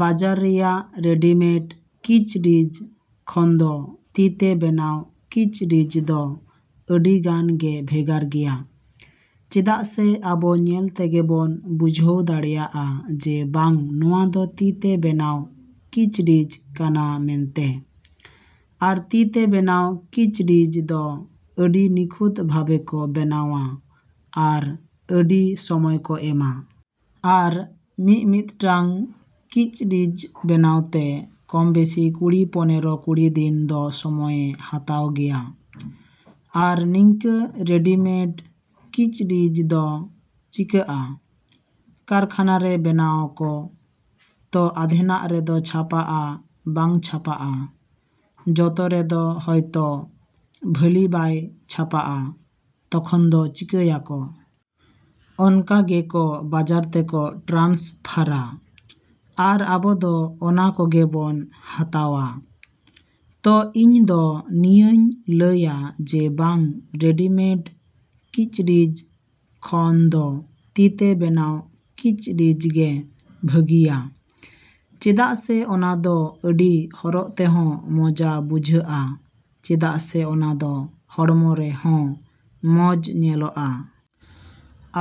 ᱵᱟᱡᱟᱨ ᱨᱮᱭᱟᱜ ᱨᱮᱰᱤᱢᱮᱰ ᱠᱤᱪᱨᱤᱡᱽ ᱠᱷᱚᱱᱫᱚ ᱛᱤᱛᱮ ᱵᱮᱱᱟᱣ ᱠᱤᱪᱨᱤᱡᱽᱫᱚ ᱟᱹᱰᱤᱜᱟᱱ ᱜᱮ ᱵᱷᱮᱜᱟᱨ ᱜᱮᱭᱟ᱾ ᱪᱮᱫᱟᱜ ᱥᱮ ᱟᱵᱚ ᱧᱮᱞ ᱛᱮᱜᱮᱵᱚᱱ ᱵᱩᱡᱷᱟᱹᱣ ᱫᱟᱲᱮᱭᱟᱜᱼᱟ ᱡᱮ ᱵᱟᱝ ᱱᱚᱣᱟᱫᱚ ᱛᱤᱛᱮ ᱵᱮᱱᱟᱣ ᱠᱤᱪᱨᱤᱡᱽ ᱠᱟᱱᱟ ᱢᱮᱱᱛᱮ᱾ ᱟᱨ ᱛᱤᱛᱮ ᱵᱮᱱᱟᱣ ᱠᱤᱪᱨᱤᱡᱽ ᱫᱚ ᱟᱹᱰᱤ ᱱᱤᱠᱷᱩᱛ ᱵᱷᱟᱵᱮᱠᱚ ᱵᱮᱱᱟᱣᱟ ᱟᱨ ᱟᱹᱰᱤ ᱥᱚᱢᱚᱭᱠᱚ ᱮᱢᱟ᱾ ᱟᱨ ᱢᱤ-ᱢᱤᱫᱴᱟᱝ ᱠᱤᱪᱨᱤᱡᱽ ᱵᱮᱱᱟᱣᱛᱮ ᱠᱚᱢ ᱵᱮᱥᱤ ᱠᱩᱲᱤ ᱯᱚᱱᱮᱨᱚ ᱠᱩᱲᱤᱫᱤᱱ ᱫᱚ ᱥᱚᱢᱚᱭᱮ ᱦᱟᱛᱟᱣ ᱜᱮᱭᱟ᱾ ᱟᱨ ᱱᱤᱝᱠᱟᱹ ᱨᱮᱰᱤᱢᱮᱰ ᱠᱤᱪᱨᱤᱡᱽᱫᱚ ᱪᱤᱠᱟᱹᱜᱼᱟ? ᱠᱟᱨᱠᱷᱟᱱᱟᱨᱮ ᱵᱮᱱᱟᱣᱟᱠᱚ᱾ ᱛᱚ ᱟᱫᱷᱮᱱᱟᱜ ᱨᱮᱫᱚ ᱪᱷᱟᱯᱟᱜᱼᱟ ᱵᱟᱝ ᱪᱷᱟᱯᱟᱜᱼᱟ, ᱡᱚᱛᱚ ᱨᱮᱫᱚ ᱦᱚᱭᱛᱚ ᱵᱷᱟᱹᱞᱤ ᱵᱟᱭ ᱪᱷᱟᱯᱟᱜᱼᱟ᱾ ᱛᱚᱠᱷᱚᱱᱫᱚ ᱪᱤᱠᱟᱹᱭᱟᱠᱚ? ᱚᱱᱠᱟᱜᱮᱠᱚ ᱵᱟᱡᱟᱨᱛᱮᱠᱚ ᱴᱨᱟᱱᱥᱯᱷᱟᱨᱟ᱾ ᱟᱨ ᱟᱵᱚᱫᱚ ᱚᱱᱟ ᱠᱚᱜᱮ ᱵᱚᱱ ᱦᱟᱛᱟᱣᱟ᱾ ᱛᱚ ᱤᱧᱫᱚ ᱱᱤᱭᱟᱹᱧ ᱞᱟᱹᱭᱟ ᱡᱮ ᱵᱟᱝ ᱨᱮᱰᱤᱢᱮᱰ ᱠᱤᱪᱨᱤᱡᱽ ᱠᱷᱚᱱᱫᱚ ᱛᱤᱛᱮ ᱵᱮᱱᱟᱣ ᱠᱤᱪᱨᱤᱡᱽᱜᱮ ᱵᱷᱟᱹᱜᱤᱭᱟ᱾ ᱪᱮᱫᱟᱜ ᱥᱮ ᱚᱱᱟᱫᱚ ᱟᱹᱰᱤ ᱦᱚᱨᱚᱜᱛᱮᱦᱚᱸ ᱢᱚᱡᱟ ᱵᱩᱡᱷᱟᱹᱜᱼᱟ᱾ ᱪᱮᱫᱟᱜ ᱥᱮ ᱚᱱᱟᱫᱚ ᱦᱚᱲᱢᱚᱨᱮ ᱦᱚᱸ ᱢᱚᱡᱽ ᱧᱮᱞᱚᱜᱼᱟ᱾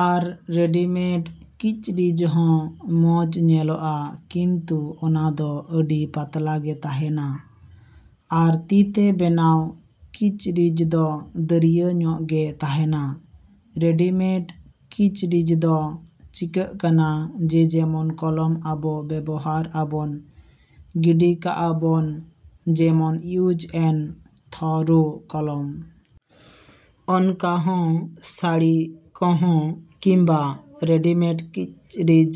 ᱟᱨ ᱨᱮᱰᱤᱢᱮᱰ ᱠᱤᱪᱨᱤᱡᱽᱦᱚᱸ ᱢᱚᱡᱽ ᱧᱮᱞᱚᱜᱼᱟ ᱠᱤᱱᱛᱩ ᱚᱱᱟᱫᱚ ᱟᱹᱰᱤ ᱯᱟᱛᱞᱟᱜᱮ ᱛᱟᱦᱮᱱᱟ᱾ ᱟᱨ ᱛᱤᱛᱮ ᱵᱮᱱᱟᱣ ᱠᱤᱪᱨᱤᱡᱽᱫᱚ ᱫᱟᱹᱨᱭᱟᱹᱧᱚᱜ ᱜᱮ ᱛᱟᱦᱮᱱᱟ᱾ ᱨᱮᱰᱤᱢᱮᱰ ᱠᱤᱪᱨᱤᱡᱽᱫᱚ ᱪᱤᱠᱟᱹᱜ ᱠᱟᱱᱟ ᱡᱮ ᱡᱮᱢᱚᱱ ᱠᱚᱞᱚᱢ ᱟᱵᱚ ᱵᱮᱵᱚᱦᱟᱨ ᱟᱵᱚᱱ ᱜᱤᱰᱤ ᱠᱟᱜ-ᱟ ᱵᱚᱱ, ᱡᱮᱢᱚᱱ ᱤᱭᱩᱡᱽᱼᱮᱱᱼᱛᱷᱚᱨᱳ ᱠᱚᱞᱚᱢ᱾ ᱚᱱᱠᱟᱦᱚᱸ ᱥᱟᱲᱤ ᱠᱚᱦᱚᱸ ᱠᱤᱢᱵᱟ ᱨᱮᱰᱤᱢᱮᱰ ᱠᱤᱪᱨᱤᱡᱽ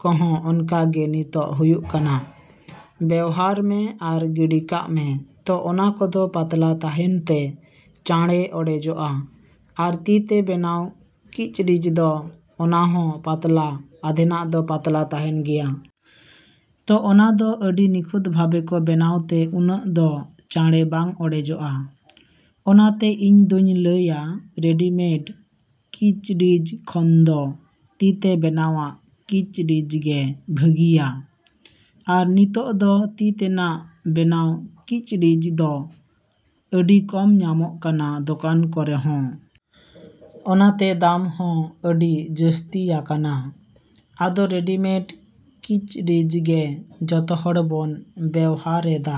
ᱠᱚᱦᱚᱸ ᱚᱱᱠᱟᱜᱮ ᱱᱤᱛᱚᱜ ᱦᱩᱭᱩᱜ ᱠᱟᱱᱟ, ᱵᱮᱣᱦᱟᱨ ᱢᱮ ᱟᱨ ᱜᱤᱰᱤᱠᱟᱜ ᱢᱮ᱾ ᱛᱚ ᱚᱱᱟᱠᱚᱫᱚ ᱯᱟᱛᱞᱟ ᱛᱟᱦᱮᱱᱛᱮ ᱪᱟᱬᱮ ᱚᱲᱮᱡᱚᱜᱼᱟ᱾ ᱟᱨ ᱛᱤᱛᱮ ᱵᱮᱱᱟᱣ ᱠᱤᱪᱨᱤᱡᱽᱫᱚ ᱚᱱᱟᱦᱚᱸ ᱯᱟᱛᱞᱟ, ᱟᱫᱷᱮᱱᱟᱜ ᱫᱚ ᱯᱟᱛᱞᱟ ᱛᱟᱦᱮᱱ ᱜᱮᱭᱟ᱾ ᱛᱚ ᱚᱱᱟᱫᱚ ᱟᱹᱰᱤ ᱱᱤᱠᱷᱩᱛ ᱵᱷᱟᱵᱮᱠᱚ ᱵᱮᱱᱟᱣᱛᱮ ᱩᱱᱟᱹᱜᱫᱚ ᱪᱟᱬᱮ ᱵᱟᱝ ᱚᱲᱮᱡᱚᱜᱼᱟ᱾ ᱚᱱᱟᱛᱮ ᱤᱧᱫᱩᱧ ᱞᱟᱹᱭᱟ ᱨᱮᱰᱤᱢᱮᱰ ᱠᱤᱪᱨᱤᱡᱽ ᱠᱷᱚᱱᱫᱚ ᱛᱤᱛᱮ ᱵᱮᱱᱟᱣᱟᱜ ᱠᱤᱪᱨᱤᱡᱽᱜᱮ ᱵᱷᱟᱹᱜᱤᱭᱟ᱾ ᱟᱨ ᱱᱤᱛᱚᱜ ᱫᱚ ᱛᱤ ᱛᱮᱱᱟᱜ ᱵᱮᱱᱟᱣ ᱠᱤᱪᱨᱤᱡᱽ ᱫᱚ ᱟᱹᱰᱤ ᱠᱚᱢ ᱧᱟᱢᱚᱜ ᱠᱟᱱᱟ ᱫᱚᱠᱟᱱ ᱠᱚᱨᱮᱦᱚᱸ᱾ ᱚᱱᱟᱛᱮ ᱫᱟᱢᱦᱚᱸ ᱟᱹᱰᱤ ᱡᱟᱹᱥᱛᱤ ᱟᱠᱟᱱᱟ᱾ ᱟᱫᱚ ᱨᱮᱰᱤᱢᱮᱰ ᱠᱤᱪᱨᱤᱡᱽᱜᱮ ᱡᱚᱛᱚᱦᱚᱲ ᱵᱚᱱ ᱵᱮᱣᱦᱟᱨ ᱮᱫᱟ᱾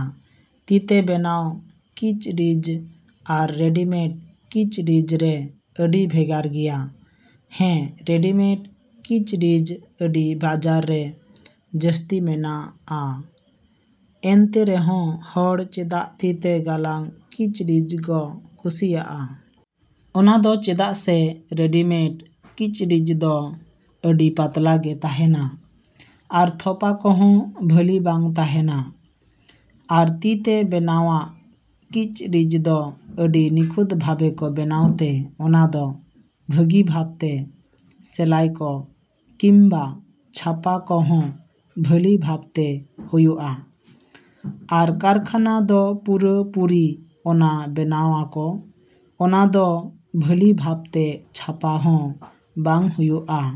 ᱛᱤᱛᱮ ᱵᱮᱱᱟᱣ ᱠᱤᱪᱨᱤᱡᱽ ᱟᱨ ᱨᱮᱰᱤᱢᱮᱰ ᱠᱤᱪᱨᱤᱡᱽᱨᱮ ᱟᱹᱰᱤ ᱵᱷᱮᱜᱟᱨ ᱜᱮᱭᱟ᱾ ᱦᱮᱸ, ᱨᱮᱰᱤᱢᱮᱰ ᱠᱤᱪᱨᱤᱡᱽ ᱟᱹᱰᱤ ᱵᱟᱡᱟᱨ ᱨᱮ ᱡᱟᱹᱥᱛᱤ ᱢᱮᱱᱟᱜᱼᱟ᱾ ᱮᱱᱛᱮ ᱨᱮᱦᱚᱸ ᱦᱚᱲ ᱪᱮᱫᱟᱜ ᱛᱤᱛᱮ ᱜᱟᱞᱟᱝ ᱠᱤᱪᱨᱤᱡᱽᱠᱚ ᱠᱩᱥᱤᱭᱟᱜᱼᱟ? ᱚᱱᱟᱫᱚ ᱪᱮᱫᱟᱜ ᱥᱮ ᱨᱮᱰᱤᱢᱮᱰ ᱠᱤᱪᱨᱤᱡᱽᱫᱚ ᱟᱹᱰᱤ ᱯᱟᱛᱞᱟᱜᱮ ᱛᱟᱦᱮᱱᱟ ᱟᱨ ᱛᱷᱚᱯᱟᱠᱚᱦᱚᱸ ᱵᱷᱟᱹᱞᱤ ᱵᱟᱝ ᱛᱟᱦᱮᱱᱟ᱾ ᱟᱨ ᱛᱤᱛᱮ ᱵᱮᱱᱟᱣᱟᱜ ᱠᱤᱪᱨᱤᱡᱽᱫᱚ ᱟᱹᱰᱤ ᱱᱤᱠᱷᱩᱛ ᱵᱷᱟᱵᱮᱠᱚ ᱵᱮᱱᱟᱣᱛᱮ ᱚᱱᱟᱫᱚ ᱵᱷᱟᱹᱜᱤ ᱵᱷᱟᱯᱛᱮ ᱥᱮᱞᱟᱭᱠᱚ ᱠᱤᱢᱵᱟ ᱪᱷᱟᱯᱟ ᱠᱚᱦᱚᱸ ᱵᱷᱟᱹᱞᱤ ᱵᱷᱟᱯᱛᱮ ᱦᱩᱭᱩᱜᱼᱟ᱾ ᱟᱨ ᱠᱟᱨᱠᱷᱟᱱᱟ ᱫᱚ ᱯᱩᱨᱟᱹᱯᱩᱨᱤ ᱚᱱᱟ ᱵᱮᱱᱟᱣᱟᱠᱚ, ᱚᱱᱟᱫᱚ ᱵᱷᱟᱹᱞᱤ ᱵᱷᱟᱯᱛᱮ ᱪᱷᱟᱯᱟᱦᱚᱸ ᱵᱟᱝ ᱦᱩᱭᱩᱜᱼᱟ ᱟᱨ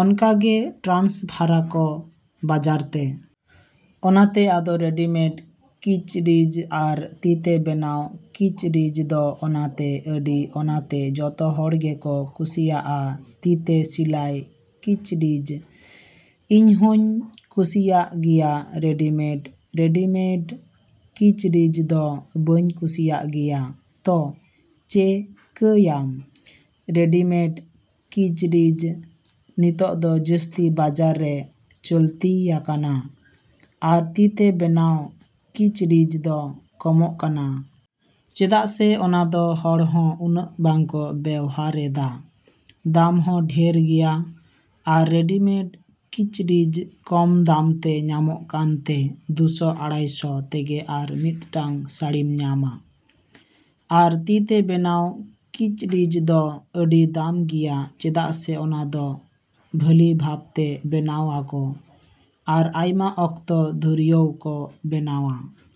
ᱚᱱᱠᱟᱜᱮ ᱴᱨᱟᱱᱥᱯᱷᱟᱨᱟᱠᱚ ᱵᱟᱡᱟᱨᱛᱮ᱾ ᱚᱱᱟᱛᱮ ᱟᱫᱚ ᱨᱮᱰᱤᱢᱮᱰ ᱠᱤᱪᱨᱤᱡᱽ ᱟᱨ ᱛᱤᱛᱮ ᱵᱮᱱᱟᱣ ᱠᱤᱪᱨᱤᱡᱽᱫᱚ ᱚᱱᱟᱛᱮ ᱟᱹᱰᱤ ᱚᱱᱟᱛᱮ ᱡᱚᱛᱚ ᱦᱚᱲᱜᱮᱠᱚ ᱠᱩᱥᱤᱭᱟᱜ-ᱟ ᱛᱤᱛᱮ ᱥᱤᱞᱟᱭ ᱠᱤᱪᱨᱤᱡᱽ᱾ ᱤᱧᱦᱚᱸᱧ ᱠᱩᱥᱤᱭᱟᱜ ᱜᱮᱭᱟ ᱨᱮᱰᱤᱢᱮᱰ ᱨᱮᱰᱤᱢᱮᱰ ᱠᱤᱪᱨᱤᱡᱽᱫᱚ ᱵᱟᱹᱧ ᱠᱩᱥᱤᱭᱟᱜ ᱜᱮᱭᱟ᱾ ᱛᱚ ᱪᱮᱠᱟᱹᱭᱟᱢ? ᱨᱮᱰᱤᱢᱮᱰ ᱠᱤᱪᱨᱤᱡᱽ ᱱᱤᱛᱚᱜ ᱫᱚ ᱡᱟᱹᱥᱛᱤ ᱵᱟᱡᱟᱨ ᱨᱮ ᱪᱚᱞᱛᱤᱭ ᱟᱠᱟᱱᱟ ᱟᱨ ᱛᱤᱛᱮ ᱵᱮᱱᱟᱣ ᱠᱤᱪᱨᱤᱡᱽ ᱫᱚ ᱠᱚᱢᱚᱜ ᱠᱟᱱᱟ᱾ ᱪᱮᱫᱟᱜ ᱥᱮ ᱚᱱᱟᱫᱚ ᱦᱚᱲᱦᱚᱸ ᱩᱱᱟᱹᱜ ᱵᱟᱝᱠᱚ ᱵᱮᱣᱦᱟᱨ ᱮᱫᱟ, ᱫᱟᱢᱦᱚᱸ ᱰᱷᱮᱨ ᱜᱮᱭᱟ᱾ ᱟᱨ ᱨᱮᱰᱤᱢᱮᱰ ᱠᱤᱪᱨᱤᱡᱽ ᱠᱚᱢ ᱫᱟᱢᱛᱮ ᱧᱟᱢᱚᱜ ᱠᱟᱱᱛᱮ ᱫᱩᱥᱚ ᱟᱲᱟᱭᱥᱚ ᱛᱮᱜᱮ ᱟᱨ ᱢᱤᱫᱴᱟᱝ ᱥᱟᱲᱤᱢ ᱧᱟᱢᱟ᱾ ᱟᱨ ᱛᱤᱛᱮ ᱵᱮᱱᱟᱣ ᱠᱤᱪᱨᱤᱡᱽ ᱫᱚ ᱟᱹᱰᱤ ᱫᱟᱢ ᱜᱮᱭᱟ ᱪᱮᱫᱟᱜ ᱥᱮ ᱚᱱᱟᱫᱚ ᱵᱷᱟᱹᱞᱤ ᱵᱷᱟᱯᱛᱮ ᱵᱮᱱᱟᱣ ᱟᱠᱚ ᱟᱨ ᱟᱭᱢᱟ ᱚᱠᱛᱚ ᱫᱷᱩᱨᱟᱹᱣ ᱠᱚ ᱵᱮᱱᱟᱣᱟ᱾